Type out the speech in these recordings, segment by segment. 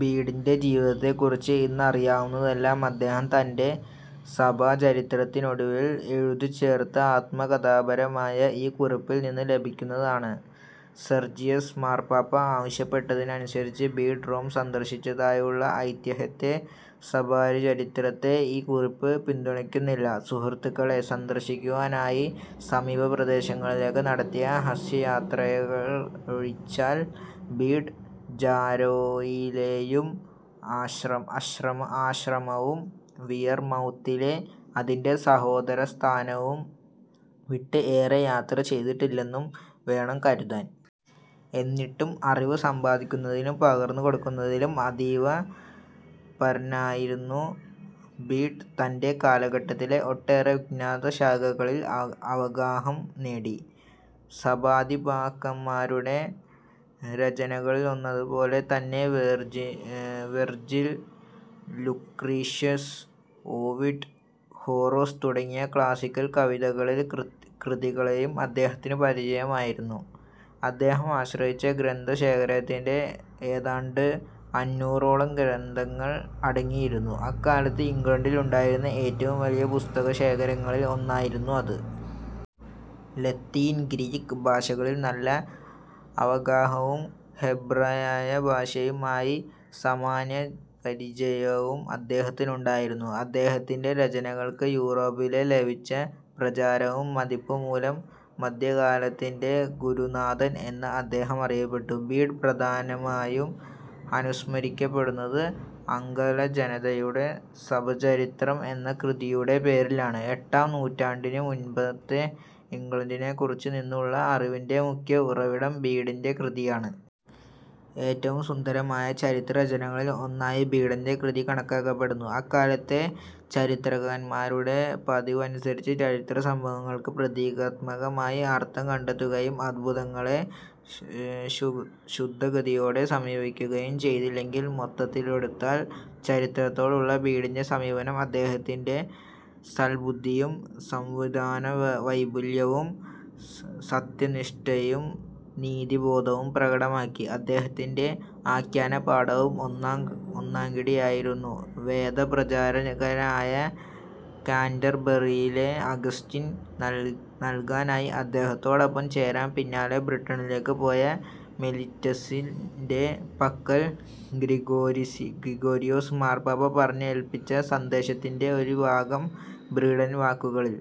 ബീഡിന്റെ ജീവിതത്തെക്കുറിച്ച് ഇന്ന് അറിയാവുന്നതെല്ലാം അദ്ദേഹം തന്റെ സഭാചരിത്രത്തിനൊടുവിൽ എഴുതിച്ചേർത്ത ആത്മകഥാപരമായ ഈ കുറിപ്പിൽ നിന്ന് ലഭിക്കുന്നതാണ്:- സെർജിയസ് മാർപ്പാപ്പ ആവശ്യപ്പെട്ടതനുസരിച്ച് ബീഡ് റോം സന്ദർശിച്ചതായുള്ള ഐതിഹ്യത്തെ സഭാചരിത്രത്തിലെ ഈ കുറിപ്പ് പിന്തുണയ്ക്കുന്നില്ല. സുഹൃത്തുക്കളെ സന്ദർശിക്കുവാനായി സമീപപ്രദേശങ്ങളിലേക്ക് നടത്തിയ ഹ്രസ്വയാത്രകളൊഴിച്ചാൽ ബീഡ് ജാരോയിലേയും ആശ്രമവും വിയർമൗത്തിലെ അതിന്റെ സഹോദരസ്ഥാപനവും വിട്ട് ഏറെ യാത്ര ചെയ്തിട്ടില്ലെന്നു വേണം കരുതാൻ. എന്നിട്ടും, അറിവ് സമ്പാദിക്കുന്നതിലും പകർന്നുകൊടുക്കുന്നതിലും അതീവതൽപരനായിരുന്ന ബീഡ് തന്റെ കാലഘട്ടത്തിലെ ഒട്ടേറെ വിജ്ഞാനശാഖകളിൽ അവഗാഹം നേടി. സഭാപിതാക്കാന്മാരുടെ രചനകളെന്നപോലെതന്നെ, വെർജിൽ, ലുക്രീഷ്യസ്, ഓവിഡ്, ഹൊറേസ് തുടങ്ങിയ ക്ലാസ്സിക്കൽ കവികളുടെ കൃതികളും അദ്ദേഹത്തിന് പരിചയമായിരുന്നു. അദ്ദേഹം ആശ്രയിച്ച ഗ്രന്ഥശേഖരത്തിൽ ഏതാണ്ട് അഞ്ഞൂറോളം ഗ്രന്ഥങ്ങൾ അടങ്ങിയിരുന്നു. അക്കാലത്ത് ഇംഗ്ലണ്ടിലുണ്ടായിരുന്ന ഏറ്റവും വലിയ പുസ്തകശേഖരങ്ങളിൽ ഒന്നായിരുന്നു അത്. ലത്തീൻ, ഗ്രീക്ക് ഭാഷകളിൽ നല്ല അവഗാഹവും ഹെബ്രായ ഭാഷയുമായി സാമാന്യപരിചയവും അദ്ദേഹത്തിനുണ്ടായിരുന്നു. അദ്ദേഹത്തിന്റെ രചനകൾക്ക് യൂറോപ്പിലാകെ ലഭിച്ച പ്രചാരവും മതിപ്പും മൂലം മദ്ധ്യകാലത്തിന്റെ ഗുരുനാഥൻ എന്ന് അദ്ദേഹം അറിയപ്പെട്ടു.. ബീഡ് പ്രധാനമായും അനുസ്മരിക്കപ്പെടുന്നത് ആംഗലജനതയുടെ സഭാചരിത്രം എന്ന കൃതിയുടെ പേരിലാണ്. എട്ടാം നൂറ്റാണ്ടിന് മുൻപത്തെ ഇംഗ്ലണ്ടിനെക്കുറിച്ച് ഇന്നുള്ള അറിവിന്റെ മുഖ്യ ഉറവിടം ബീഡിന്റെ കൃതിയാണ്. ഏറ്റവും സുന്ദരമായ ചരിത്രരചനകളിലൊന്നായി ബീഡിന്റെ കൃതി കണക്കാക്കപ്പെടുന്നു. അക്കാലത്തെ ചരിത്രകാരന്മാരുടെ പതിവനുസരിച്ച് ചരിത്രസംഭവങ്ങൾക്ക് പ്രതീകാത്മകമായ അർത്ഥം കണ്ടെത്തുകയും, അത്ഭുതകഥകളെ ശുദ്ധഗതിയോടെ സമീപിക്കുകയും ചെയ്തെങ്കിലും മൊത്തത്തിലെടുത്താൽ ചരിത്രത്തോടുള്ള ബീഡിന്റെ സമീപനം അദ്ദേഹത്തിന്റെ സൽബുദ്ധിയും, സംവേദനാവൈപുല്യവും, സത്യനിഷ്ഠയും, നീതിബോധവും പ്രകടമാക്കി.. അദ്ദേഹത്തിന്റെ ആഖ്യാനപാടവം ഒന്നാംകിടയായിരുന്നു. വേദപ്രചാരകനായ കാന്റർബറിയിലെ അഗസ്റ്റിന് നൽകാനായി, അദ്ദേഹത്തോടൊപ്പം ചേരാൻ പിന്നാലെ ബ്രിട്ടണിലേക്ക് പോയ മെലിറ്റസിന്റെ പക്കൽ ഗ്രിഗോരിയോസ് മാർപ്പാപ്പ പറഞ്ഞേല്പ്പിച്ച സന്ദേശത്തിന്റെ ഒരുഭാഗം ബീഡിന്റെ വാക്കുകളിൽ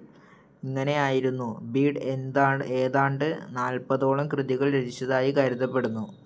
ഇങ്ങനെയായിരുന്നു:- ബീഡ് ഏതാണ്ട് നാല്പതോളം കൃതികൾ രചിച്ചതായി കരുതപ്പെടുന്നു.